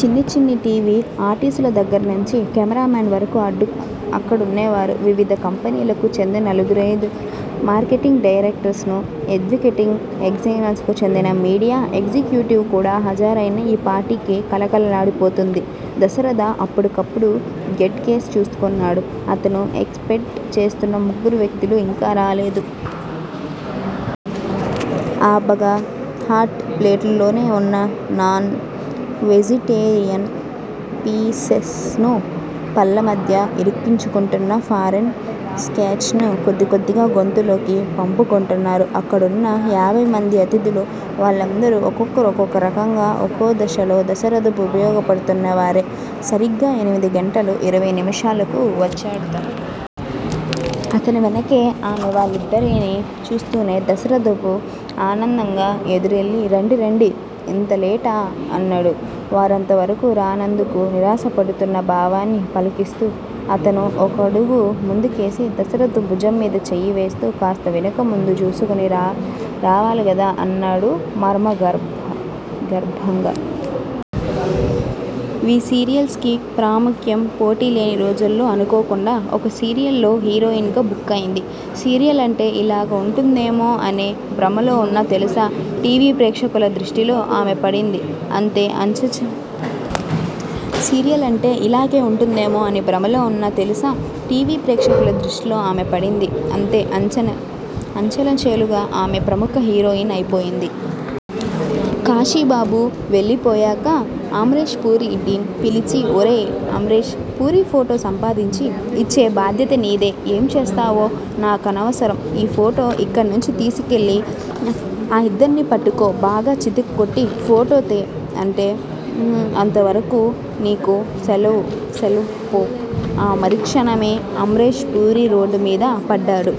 చిన్న చిన్న T. V ఆర్టిస్టుల దగ్గర్నుంచి కెమేరామెన్ వరకు అక్కడున్నారు. వివిధ కంపెనీలకు చెందిననలుగురైదుగురు మార్కెటింగ్ డైరెక్టర్స్, ఎడ్వటైజింగ్ ఏజెన్సీలకు చెందిన మీడియా ఎగ్జిక్యూటివ్స్ కూడా హాజరయిన ఆ పార్టీ కళకళలాడిపోతోంది. దశరథ అప్పుడప్పుడు గేట్ కేసి చూస్తున్నాడు. అతను ఎక్స్ పెక్ట్ చేస్తున్నా ముగ్గురు వ్యక్తులూ ఇంకా రాలేదు. ఆబగా హాట్ ప్లేట్స్ లో ఉన్న నాన్ వెజిటేరియన్ పీసెస్ ను పళ్ళ మధ్య ఇరికించుకుంటూ ఫారెన్ స్కాచ్ ని కొద్దికొద్దిగా గొంతులోకి వంపుకుంటున్నారు అక్కడున్న యాభైమంది అతిధులు. వాళ్ళందరూ ఒక్కొక్కరు ఒక్కోరకంగా ఒక్కో దశలో దశరథకు ఉపయోగపడుతున్నవారే. సరిగ్గా ఎనమిది గంటల ఇరవై నిముషాలు కి వచ్చాడతను. అతని వెనుకే ఆమె వాళ్ళిద్దర్ని చూస్తూనే దశరథ ఆనందంగా ఎదురెళ్ళి రండి రండి ఇంత లేటా? అన్నాడు. వారు అంతవరకు రానందుకు నిరాశపడుతున్న భావాన్ని పలికిస్తూ. అతను ఒకడుగు ముందుకేసి దశరథ భుజం మీద చేయి వేస్తూ కాస్త వెనుకా ముందు చూసుకొని రావాలిగదా? అన్నాడు మర్మగర్భంగా. వీ సీరియల్స్ కి ప్రాముఖ్యం పోటీలేని రోజుల్లో అనుకోకుండా ఒక సీరియల్ లో హీరోయిన్ గా బుక్ అయింది. సీరియల్ అంటే ఇలాగే ఉంటుందేమో అనే భ్రమలో ఉన్న తెలుగు టీ. వీ ప్రేక్షకులదృష్టిలో ఆమె పడింది. అంతే అంచెలంచేలుగా ఆమె ప్రముఖ హీరోయిన్ అయిపోయింది। కాశీబాబు వెళ్ళిపోయాక- అమ్రేష్ పురీగాడ్ని పిలిచి- ఒరేయ్ అమ్రేష్ పురీ ఫోటో సంపాదించి ఇచ్చే బాధ్యత నీది ఏం చేస్తావో నాకనవసరం ఆ ఫోటో ఇక్కడ్నించి తీసికెళ్ళిన ఆ ఇద్దర్నీ పట్టుకో బాగా చితక్కొట్టు ఫోటో తే అంతే అంతవరకూ నీకు సెలవ్ పో. ఆ మరుక్షణమే అమ్రేష్ పురి రోడ్డు మీద పడ్డాడు.